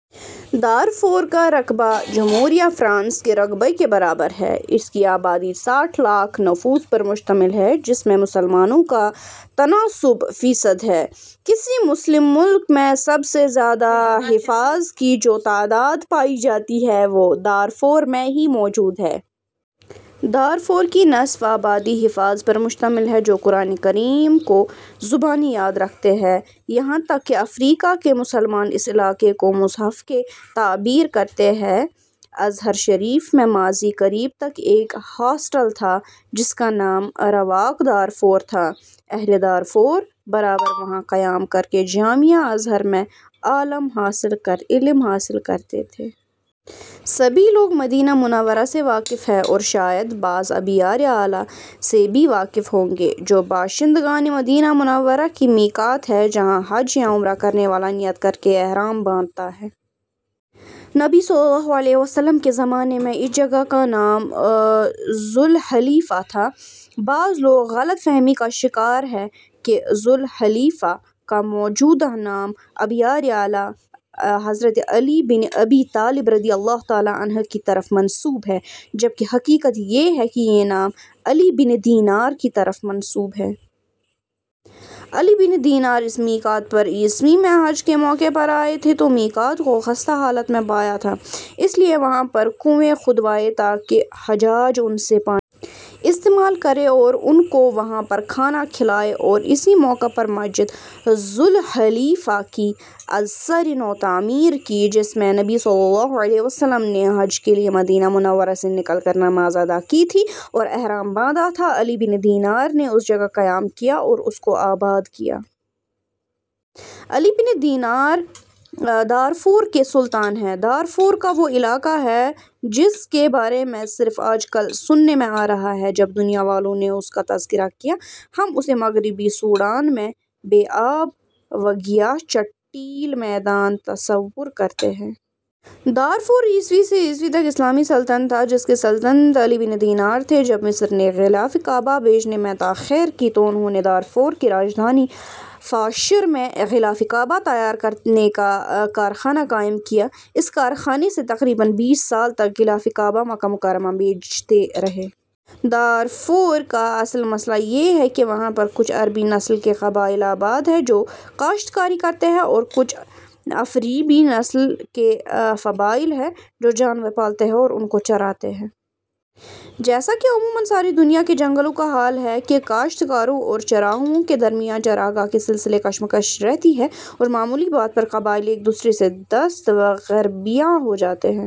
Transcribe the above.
Darfur کا رقبہ جمہوریہ فرانس کے رقبہ کے برابر ہے، اس کی آبادی ساٹھ لاکھ نفوس پر مشتمل ہے، جس میں مسلمانوں کا تناسب فی صد ہے۔ کسی مسلم ملک میں سب سے زیادہ حفاظ کی جو تعداد پائی جاتی ہے وہ دارفور میں ہی موجود ہے۔ دارفور کی نصف آبادی حفاظ پر مشتمل ہے جو قرآنِ کریم کو زبانی یاد رکھتے ہیں، یہاں تک کہ افریقا کے مسلمان اس علاقہ کو " مصحف " سے تعبیر کرتے ہیں۔ ازہر شریف میں ماضی قریب تک ایک ہاسٹل تھا جس کا نام " رواق دارفور " تھا، اہلِ دارفور برابر وہاں قیام کرکے جامعہ ازہر میں علم حاصل کرتے تھے۔ سبھی لوگ مدینہ منورہ سے واقف ہیں اور شاید بعض " ابیارِ علی " سے بھی واقف ہوں گے جو باشند گانِ مدینہ منورہ کی میقات ہے جہاں حج یا عمرہ کرنے والا نیت کرکے احرام باندھتا ہے۔ نبی صلی الله علیہ وسلم کے زمانے میں اس جگہ کا نام ذوالحلیفہ تھا بعض لوگ غلط فہمی کا شکار ہیں کہ ذوالحلیفہ کا موجودہ نام " ابیارِ علی " حضرت علی بن ابی طالب رضی الله عنہ کی طرف منسوب ہے جب کہ حقیقت یہ ہے کہ یہ نام علی بن دینار کی طرف منسوب ہے۔ علی بن دینار اس میقات پر ء میں حج کے موقع پر آئے تھے تو میقات کو خستہ حالت میں پایا تھا، اس لیے وہاں پر کنویں کھدوائے تاکہ حجاج ان سے پانی استعمال کریں اور وہ ان کو وہاں پر کھانا کھلائیں اور اسی موقع پر مسجد ذوالحلیفہ کی ازسرِ نو تعمیر کی، جس میں نبی صلی الله علیہ وسلم نے حج کے لیے مدینہ منورہ سے نکل کر نماز ادا کی تھی اور احرام باندھا تھا، علی بن دینار نے اس جگہ قیام کیا اور اس کو آباد کیا۔ علی بن دینار دارفور کے سلطان ہیں، دارفور وہ علاقہ ہے جس کے بارے میں صرف آج کل سننے میں آ رہا ہے، جب دنیا والوں نے اس کا تذکرہ کیا، ہم اسے مغربی سوڈان میں بے آب وگیاہ چٹیل میدان تصو رکرتے ہیں۔ دارفور ء سے ء تک اسلامی سلطنت تھا، جس کے سلطان علی بن دینار تھے۔ جب مصر نے غلافِ کعبہ بھیجنے میں تاخیر کی تو انھوں نے دارفور کی راجدھانی الفاشر میں غلاف کعبہ تیار کرنے کا کارخانہ قائم کیا، اس کارخانہ سے تقریباً بیس سال تک غلاف کعبہ مکہ مکرمہ بھیجتے رہے۔ دارفور کا اصل مسئلہ یہ ہے کہ وہاں پر کچھ عربی نسل کے قبائل آباد ہیں جو کاشت کاری کرتے ہیں او رکچھ افریقی نسل کے قبائل ہیں جو جانور پالتے اور ان کوچراتے ہیں۔ جیسا کہ عموماً ساری دنیا کے جنگلوں کا حال ہے کہ کاشت کاروں اورچرواہوں کے درمیان چراگاہ کے سلسلے کشمکش رہتی ہے اور معمولی بات پر قبائل ایک دوسرے سے دست وگربیاں ہو جاتے ہیں۔